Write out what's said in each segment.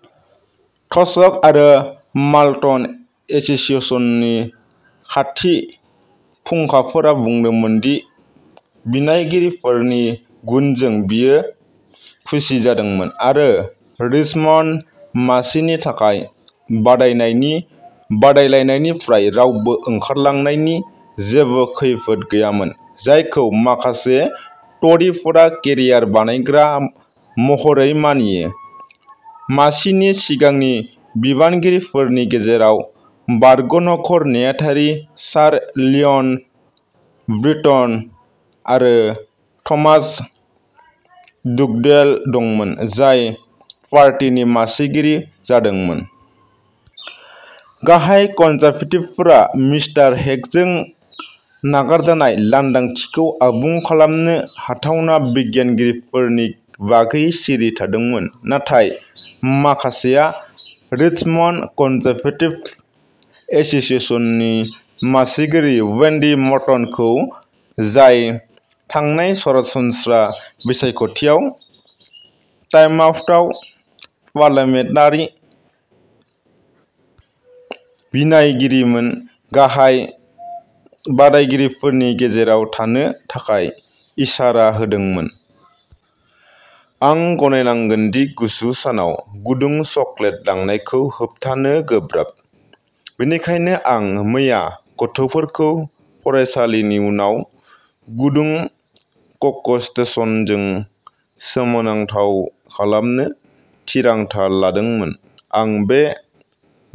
" Thirsk आरो Malton एस'सिएशननि खाथि फुंखाफोरा बुंदोंमोन दि बिनायगिरिफोरनि गुनजों बियो खुसि जादोंमोन। आरो रिचमन्ड मासिनि थाखाय बादायनायनि बादायलायनायनिफ्राय रावबो ओंखारलांनायनि जेबो खैफोद गैयामोन, जायखौ माखासे ट'रीफोरा "केरियार बानायग्रा" महरै मानियो। मासिनि सिगांनि बिबानगिरिफोरनि गेजेराव बारग'नखर नेहाथारि सार लिय'न ब्रिटन आरो थ'मास डुगडेल दंमोन, जाय पार्टीनि मासिगिरि जादोंमोन। गाहाय कनजारभेटिभफोरा मिस्टार हेगजों नागारजानाय लांदांथिखौ आबुं खालामनो हाथावना बिनायगिरिफोरनि बागै सिरि थादोंमोन, नाथाय माखासेया रिचमन्ड कनजारभेटिभ एस'सिएशननि मासिगिरि वेन्डी मर्टनखौ, जाय थांनाय सरासनस्रा बिसायख'थियाव टाइनेमाउथआव पार्लियामेन्टारि बिनायगिरिमोन, गाहाय बादायगिरिफोरनि गेजेराव थानो थाखाय इसारा होदोंमोन। आं गनायनांगोन दि गुसु सानाव गुदुं चकलेट लोंनायखौ होबथानो गोब्राब। बेनिखायनो आं मैया गथ'फोरखौ फरायसालिनि उनाव गुदुं क'क'स्टेशनजों सोमोनांथाव खालामनो थिरांथा लादोंमोन! आं बे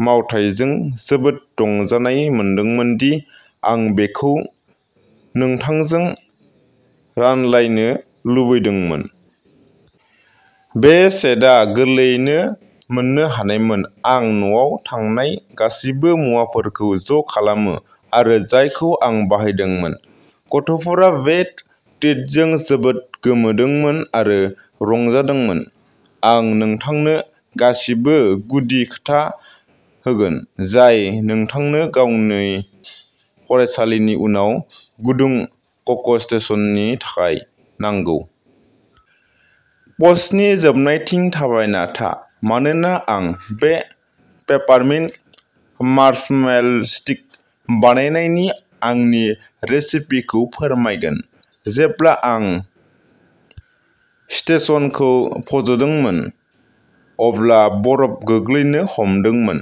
मावथायजों जोबोद रंजानाय मोनदोंमोन दि आं बेखौ नोंथांजों रानलायनो लुबैदोंमोन! बे सेटआ गोरलैयैनो मोननो हानायमोन! आं न'आव थानाय गासैबो मुवाफोरखौ ज'खालामो आरो जायखौ आं बाहायदोंमोन। गथ'फोरा बे ट्रिटजों जोबोद गोमोदोंमोन आरो रंजादोंमोन। आं नोंथांनो गासिबो गुदि खिथा होगोन, जाय नोंथांनो गावनि फरायसालिनि उनाव गुदुं क'क'स्टेशननि थाखाय नांगौ! प'स्टनि जोबनायथिं थाबायना था, मानोना आं बे पेपारमिन्ट मार्शमेल'स्टिक बानायनायनि आंनि रेसिपिखौ फोरमायगोन! जेब्ला आं स्टेशनखौ फज'दोंमोन, अब्ला बरफ गोग्लैनो हमदोंमोन।